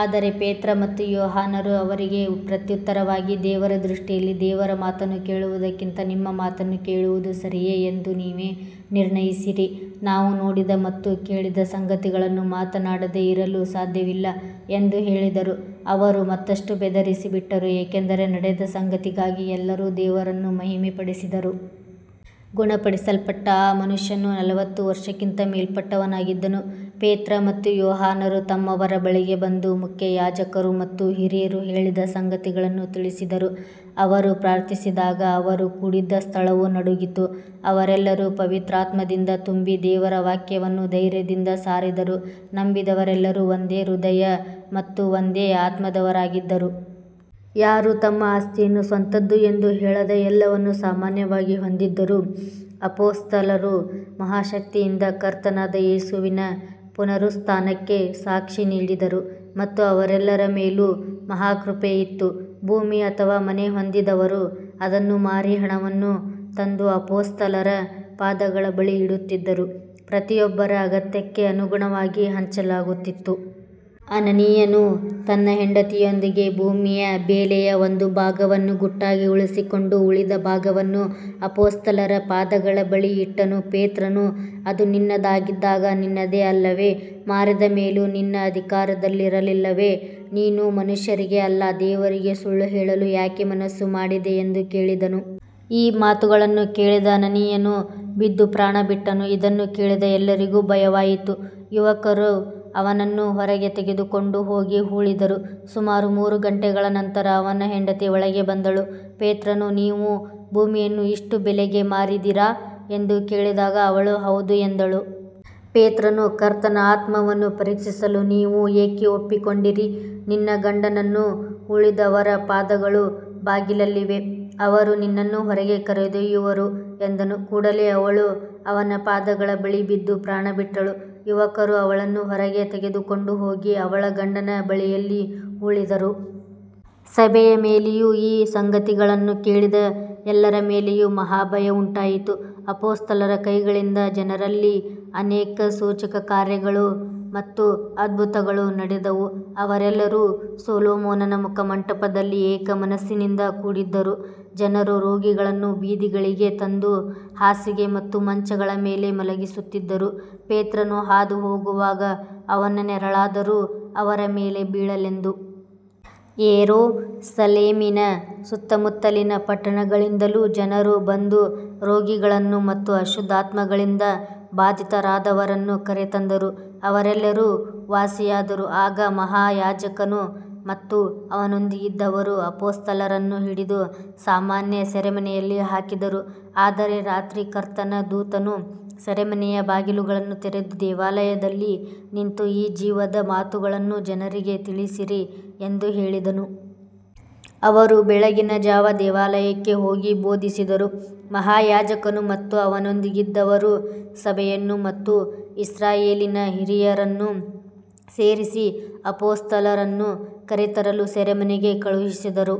ಆದರೆ ಪೇತ್ರ ಮತ್ತು ಯೋಹಾನರು ಅವರಿಗೆ ಪ್ರತ್ಯುತ್ತರವಾಗಿ, ದೇವರ ದೃಷ್ಟಿಯಲ್ಲಿ ದೇವರ ಮಾತನ್ನು ಕೇಳುವುದಕ್ಕಿಂತ ನಿಮ್ಮ ಮಾತನ್ನು ಕೇಳುವುದು ಸರಿಯೇ ಎಂದು ನೀವೇ ನಿರ್ಣಯಿಸಿರಿ. ನಾವು ನೋಡಿದ ಮತ್ತು ಕೇಳಿದ ಸಂಗತಿಗಳನ್ನು ಮಾತನಾಡದೆ ಇರಲು ಸಾಧ್ಯವಿಲ್ಲ ಎಂದು ಹೇಳಿದರು. ಅವರು ಮತ್ತಷ್ಟು ಬೆದರಿಸಿ ಬಿಟ್ಟರು, ಏಕೆಂದರೆ ನಡೆದ ಸಂಗತಿಗಾಗಿ ಎಲ್ಲರೂ ದೇವರನ್ನು ಮಹಿಮೆಪಡಿಸಿದರು. ಗುಣಪಡಿಸಲ್ಪಟ್ಟ ಆ ಮನುಷ್ಯನು ನಲವತ್ತು ವರ್ಷಕ್ಕಿಂತ ಮೇಲ್ಪಟ್ಟವನಾಗಿದ್ದನು. ಪೇತ್ರ ಮತ್ತು ಯೋಹಾನರು ತಮ್ಮವರ ಬಳಿಗೆ ಬಂದು ಮುಖ್ಯಯಾಜಕರು ಮತ್ತು ಹಿರಿಯರು ಹೇಳಿದ ಸಂಗತಿಗಳನ್ನು ತಿಳಿಸಿದರು. ಅವರು ಪ್ರಾರ್ಥಿಸಿದಾಗ ಅವರು ಕೂಡಿದ್ದ ಸ್ಥಳವು ನಡುಗಿತು, ಅವರೆಲ್ಲರೂ ಪವಿತ್ರಾತ್ಮದಿಂದ ತುಂಬಿ ದೇವರ ವಾಕ್ಯವನ್ನು ಧೈರ್ಯದಿಂದ ಸಾರಿದರು. ನಂಬಿದವರೆಲ್ಲರೂ ಒಂದೇ ಹೃದಯ ಮತ್ತು ಒಂದೇ ಆತ್ಮದವರಾಗಿದ್ದರು. ಯಾರೂ ತಮ್ಮ ಆಸ್ತಿಯನ್ನು ಸ್ವಂತದ್ದು ಎಂದು ಹೇಳದೆ ಎಲ್ಲವನ್ನೂ ಸಾಮಾನ್ಯವಾಗಿ ಹೊಂದಿದ್ದರು. ಅಪೊಸ್ತಲರು ಮಹಾಶಕ್ತಿಯಿಂದ ಕರ್ತನಾದ ಯೇಸುವಿನ ಪುನರುತ್ಥಾನಕ್ಕೆ ಸಾಕ್ಷಿ ನೀಡಿದರು ಮತ್ತು ಅವರೆಲ್ಲರ ಮೇಲೂ ಮಹಾಕೃಪೆ ಇತ್ತು. ಭೂಮಿ ಅಥವಾ ಮನೆ ಹೊಂದಿದ್ದವರು ಅದನ್ನು ಮಾರಿ ಹಣವನ್ನು ತಂದು ಅಪೊಸ್ತಲರ ಪಾದಗಳ ಬಳಿ ಇಡುತ್ತಿದ್ದರು, ಪ್ರತಿಯೊಬ್ಬರ ಅಗತ್ಯಕ್ಕೆ ಅನುಗುಣವಾಗಿ ಹಂಚಲಾಗುತ್ತಿತ್ತು. ಅನನೀಯನು ತನ್ನ ಹೆಂಡತಿಯೊಂದಿಗೆ ಭೂಮಿಯ ಬೆಲೆಯ ಒಂದು ಭಾಗವನ್ನು ಗುಟ್ಟಾಗಿ ಉಳಿಸಿಕೊಂಡು ಉಳಿದ ಭಾಗವನ್ನು ಅಪೊಸ್ತಲರ ಪಾದಗಳ ಬಳಿ ಇಟ್ಟನು. ಪೇತ್ರನು, ಅದು ನಿನ್ನದಾಗಿದ್ದಾಗ ನಿನ್ನದೇ ಅಲ್ಲವೇ, ಮಾರಿದ ಮೇಲೂ ನಿನ್ನ ಅಧಿಕಾರದಲ್ಲಿರಲಿಲ್ಲವೇ, ನೀನು ಮನುಷ್ಯರಿಗೆ ಅಲ್ಲ ದೇವರಿಗೆ ಸುಳ್ಳು ಹೇಳಲು ಯಾಕೆ ಮನಸ್ಸು ಮಾಡಿದೆ ಎಂದು ಕೇಳಿದನು. ಈ ಮಾತುಗಳನ್ನು ಕೇಳಿದ ಅನನೀಯನು ಬಿದ್ದು ಪ್ರಾಣಬಿಟ್ಟನು. ಇದನ್ನು ಕೇಳಿದ ಎಲ್ಲರಿಗೂ ಭಯವಾಯಿತು. ಯುವಕರು ಅವನನ್ನು ಹೊರಗೆ ತೆಗೆದುಕೊಂಡು ಹೋಗಿ ಹೂಳಿದರು. ಸುಮಾರು ಮೂರು ಗಂಟೆಗಳ ನಂತರ ಅವನ ಹೆಂಡತಿ ಒಳಗೆ ಬಂದಳು. ಪೇತ್ರನು, ನೀವು ಭೂಮಿಯನ್ನು ಇಷ್ಟು ಬೆಲೆಗೆ ಮಾರಿದಿರಾ ಎಂದು ಕೇಳಿದಾಗ ಅವಳು ಹೌದು ಎಂದಳು. ಪೇತ್ರನು, ಕರ್ತನ ಆತ್ಮವನ್ನು ಪರೀಕ್ಷಿಸಲು ನೀವು ಏಕೆ ಒಪ್ಪಿಕೊಂಡಿರಿ, ನಿನ್ನ ಗಂಡನನ್ನು ಹೂಳಿದವರ ಪಾದಗಳು ಬಾಗಿಲಲ್ಲಿವೆ, ಅವರು ನಿನ್ನನ್ನೂ ಹೊರಗೆ ಕರೆದೊಯ್ಯುವರು ಎಂದನು. ಕೂಡಲೇ ಅವಳು ಅವನ ಪಾದಗಳ ಬಳಿ ಬಿದ್ದು ಪ್ರಾಣಬಿಟ್ಟಳು. ಯುವಕರು ಅವಳನ್ನು ಹೊರಗೆ ತೆಗೆದುಕೊಂಡು ಹೋಗಿ ಅವಳ ಗಂಡನ ಬಳಿಯಲ್ಲಿ ಹೂಳಿದರು. ಸಭೆಯ ಮೇಲೆಯೂ ಈ ಸಂಗತಿಗಳನ್ನು ಕೇಳಿದ ಎಲ್ಲರ ಮೇಲೆಯೂ ಮಹಾಭಯ ಉಂಟಾಯಿತು. ಅಪೊಸ್ತಲರ ಕೈಗಳಿಂದ ಜನರಲ್ಲಿ ಅನೇಕ ಸೂಚಕಕಾರ್ಯಗಳು ಮತ್ತು ಅದ್ಭುತಗಳು ನಡೆದವು. ಅವರೆಲ್ಲರೂ ಸೊಲೊಮೋನನ ಮುಖಮಂಟಪದಲ್ಲಿ ಏಕಮನಸ್ಸಿನಿಂದ ಕೂಡಿದ್ದರು. ಜನರು ರೋಗಿಗಳನ್ನು ಬೀದಿಗಳಿಗೆ ತಂದು ಹಾಸಿಗೆ ಮತ್ತು ಮಂಚಗಳ ಮೇಲೆ ಮಲಗಿಸುತ್ತಿದ್ದರು, ಪೇತ್ರನು ಹಾದುಹೋಗುವಾಗ ಅವನ ನೆರಳಾದರೂ ಅವರ ಮೇಲೆ ಬೀಳಲೆಂದು. ಯೆರೂಸಲೇಮಿನ ಸುತ್ತಮುತ್ತಲಿನ ಪಟ್ಟಣಗಳಿಂದಲೂ ಜನರು ಬಂದು ರೋಗಿಗಳನ್ನು ಮತ್ತು ಅಶುದ್ಧಾತ್ಮಗಳಿಂದ ಬಾಧಿತರಾದವರನ್ನು ಕರೆತಂದರು, ಅವರೆಲ್ಲರೂ ವಾಸಿಯಾದರು. ಆಗ ಮಹಾಯಾಜಕನು ಮತ್ತು ಅವನೊಂದಿಗಿದ್ದವರು ಅಪೊಸ್ತಲರನ್ನು ಹಿಡಿದು ಸಾಮಾನ್ಯ ಸೆರೆಮನೆಯಲ್ಲಿ ಹಾಕಿದರು. ಆದರೆ ರಾತ್ರಿ ಕರ್ತನ ದೂತನು ಸೆರೆಮನೆಯ ಬಾಗಿಲುಗಳನ್ನು ತೆರೆದು, ದೇವಾಲಯದಲ್ಲಿ ನಿಂತು ಈ ಜೀವದ ಮಾತುಗಳನ್ನು ಜನರಿಗೆ ತಿಳಿಸಿರಿ ಎಂದು ಹೇಳಿದನು. ಅವರು ಬೆಳಗಿನ ಜಾವ ದೇವಾಲಯಕ್ಕೆ ಹೋಗಿ ಬೋಧಿಸಿದರು. ಮಹಾಯಾಜಕನು ಮತ್ತು ಅವನೊಂದಿಗಿದ್ದವರು ಸಭೆಯನ್ನು ಮತ್ತು ಇಸ್ರಾಯೇಲಿನ ಹಿರಿಯರನ್ನು ಸೇರಿಸಿ ಅಪೊಸ್ತಲರನ್ನು ಕರೆತರಲು ಸೆರೆಮನೆಗೆ ಕಳುಹಿಸಿದರು.